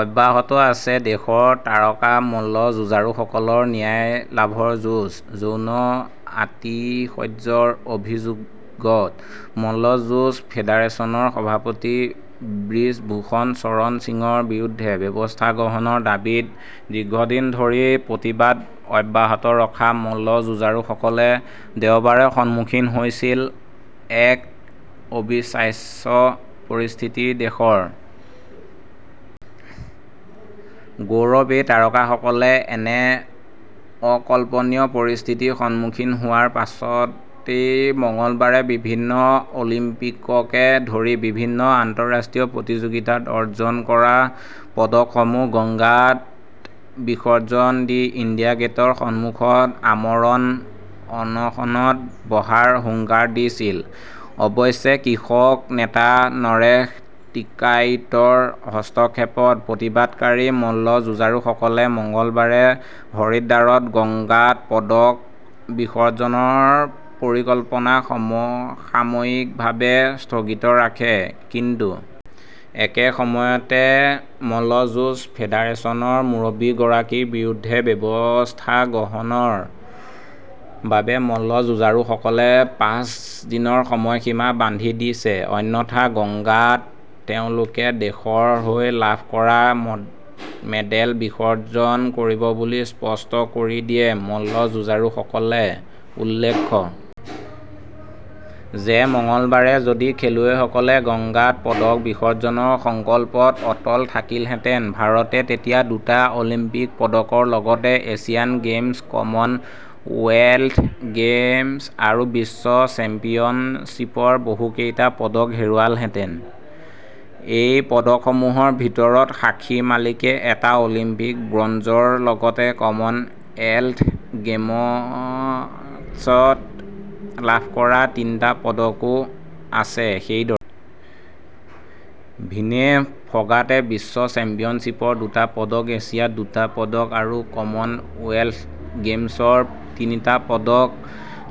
অব্যাহত আছে দেশৰ তাৰকা মল্ল যুঁজাৰুসকলৰ ন্যায় লাভৰ যুঁজ। যৌন আতিশয্যৰ অভিযোগত মল্ল যুঁজ ফেডাৰেচনৰ সভাপতি ব্ৰিজ ভূষণ চৰণ সিঙৰ বিৰুদ্ধে ব্যৱস্থা গ্ৰহণৰ দাবীত দীৰ্ঘদিন ধৰি প্ৰতিবাদ অব্যাহত ৰখা মল্ল যুঁজাৰুসকলে দেওবাৰে সন্মুখীন হৈছিল এক অবিশ্বাস্য পৰিস্থিতিৰ। দেশৰ গৌৰৱ এই তাৰকাসকলে এনে অকল্পনীয় পৰিস্থিতিৰ সন্মুখীন হোৱাৰ পাছতেই মঙলবাৰে বিভিন্ন অলিম্পিককে ধৰি বিভিন্ন আন্ত:ৰাষ্ট্ৰীয় প্ৰতিযোগিতাত অৰ্জন কৰা পদকসমূহ গংগাত বিসৰ্জন দি ইণ্ডিয়া গেটৰ সন্মুখত আমৰণ অনশনত বহাৰ হুংকাৰ দিছিল। অৱশ্যে কৃষক নেতা নৰেশ টিকাইটৰ হস্তক্ষেপত প্ৰতিবাদকাৰী মল্ল যুঁজাৰুসকলে মঙলবাৰে হৰিদ্বাৰত গংগাত পদক বিসৰ্জনৰ পৰিকল্পনা সাময়িকভাৱে স্থগিত ৰাখে। কিন্তু একে সময়তে মল্ল যুঁজ ফেডাৰেচনৰ মুৰব্বীগৰাকীৰ বিৰুদ্ধে ব্যৱস্থা গ্ৰহণৰ বাবে মল্ল যুঁজাৰুসকলে পাঁচ দিনৰ সময়সীমা বান্ধি দিছে। অন্যথা গংগাত তেওঁলোকে দেশৰ হৈ লাভ কৰা মেডেল বিসৰ্জন কৰিব বুলি স্পষ্ট কৰি দিয়ে মল্ল যুঁজাৰুসকলে ।উল্লেখ্য যে মঙলবাৰে যদি খেলুৱৈসকলে গংগাত পদক বিসৰ্জনৰ সংকল্পত অটল থাকিলহেঁতেন ভাৰতে তেতিয়া দুটা অলিম্পিক পদকৰ লগতে এছিয়ান গেমছ কমনৱেলথ গেমছ আৰু বিশ্ব চেম্পিয়নশ্বিপৰ বহুকেইটা পদক হেৰুৱালেহেঁতেন। এই পদকসমূহৰ ভিতৰত সাক্ষী মালিকে এটা অলিম্পিক ব্ৰঞ্জৰ লগতে কমনৱেলথ গেমছত লাভ কৰা তিনিটা পদকো আছে। সেইদৰে ভিনেশ ফগাটে বিশ্ব চেম্পিয়নশ্বিপৰ দুটা পদক এছিয়াত দুটা পদক আৰু কমনৱেলথ গেমছৰ তিনিটা পদক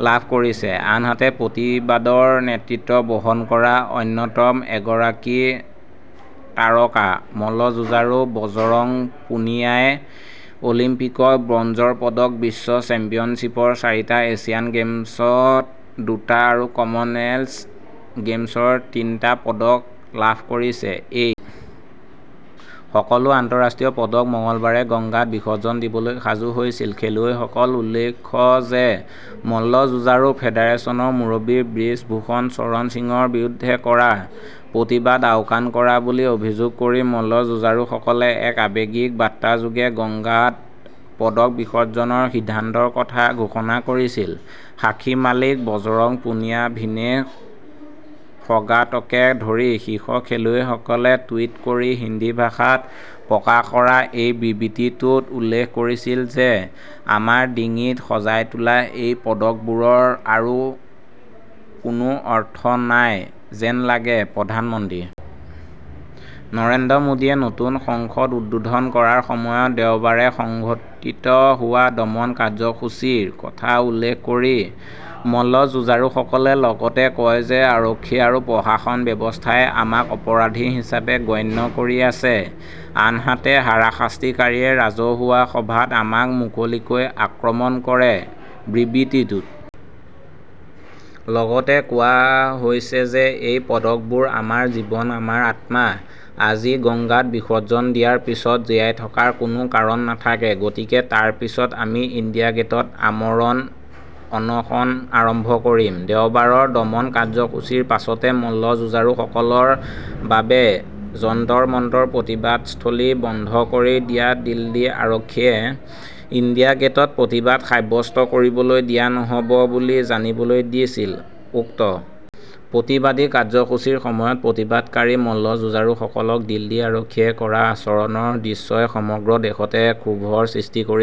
লাভ কৰিছে। আনহাতে প্ৰতিবাদৰ নেতৃত্ব বহন কৰা অন্যতম এগৰাকী তাৰকা মল্ল যুঁজাৰু বজৰং পুনিয়াই অলিম্পিকত ব্ৰঞ্জৰ পদক বিশ্ব চেম্পিয়নশ্বিপৰ চাৰিটা এছিয়ান গেমছত দুটা আৰু কমনৱেলথ গেমছৰ তিনিটা পদক লাভ কৰিছে। এই সকলো আন্ত:ৰাষ্ট্ৰীয় পদক মঙলবাৰে গংগাত বিসৰ্জন দিবলৈ সাজু হৈছিল খেলুৱৈসকল। উল্লেখ্য যে মল্ল যুঁজাৰু ফেডাৰেচনৰ মুৰব্বী ব্ৰিজ ভূষণ চৰণ সিঙৰ বিৰুদ্ধে কৰা প্ৰতিবাদ আওকাণ কৰা বুলি অভিযোগ কৰি মল্ল যুঁজাৰুসকলে এক আৱেগিক বাৰ্তাযোগে গংগাত পদক বিসৰ্জনৰ সিদ্ধান্তৰ কথা ঘোষণা কৰিছিল৷ সাক্ষী মালিক বজৰং পুনিয়া ভিনেশ ফগাটকে ধৰি শীৰ্ষ খেলুৱৈসকলে টুইট কৰি হিন্দী ভাষাত প্ৰকাশ কৰা এই বিবৃতিটোত উল্লেখ কৰিছিল যে আমাৰ ডিঙিত সজাই তোলা এই পদকবোৰৰ আৰু কোনো অৰ্থ নাই যেন লাগে। প্ৰধানমন্ত্ৰী নৰেন্দ্ৰ মোদীয়ে নতুন সংসদ উদ্বোধন কৰাৰ সময়ত দেওবাৰে সংঘটিত হোৱা দমন কাৰ্যসূচীৰ কথা উল্লেখ কৰি মল্ল যুঁজাৰুসকলে লগতে কয় যে আৰক্ষী আৰু প্ৰশাসন ব্যৱস্থাই আমাক অপৰাধী হিচাপে গণ্য কৰি আছে ।আনহাতে হাৰাশাস্তিকাৰীয়ে ৰাজহুৱা সভাত আমাক মুকলিকৈ আক্ৰমণ কৰে। বিবৃতিটোত লগতে কোৱা হৈছে যে এই পদকবোৰ আমাৰ জীৱন আমাৰ আত্মা। আজি গংগাত বিসৰ্জন দিয়াৰ পিছত জীয়াই থকাৰ কোনো কাৰণ নাথাকে। গতিকে তাৰ পিছত আমি ইণ্ডিয়া গেটত আমৰণ অনশন আৰম্ভ কৰিম। দেওবাৰৰ দমন কাৰ্যসূচীৰ পাছতে মল্ল যুঁজাৰুসকলৰ বাবে যন্তৰ-মন্তৰ প্ৰতিবাদস্থলী বন্ধ কৰি দিয়া দিল্লী আৰক্ষীয়ে ইণ্ডিয়া গেটত প্ৰতিবাদ সাব্যস্ত কৰিবলৈ দিয়া নহ'ব বুলি জানিবলৈ দিছিল। উক্ত প্ৰতিবাদী কাৰ্যসূচীৰ সময়ত প্ৰতিবাদকাৰী মল্ল যুঁজাৰুসকলক দিল্লী আৰক্ষীয়ে কৰা আচৰণৰ দৃশ্যই সমগ্ৰ দেশতে ক্ষোভৰ সৃষ্টি কৰিছিল।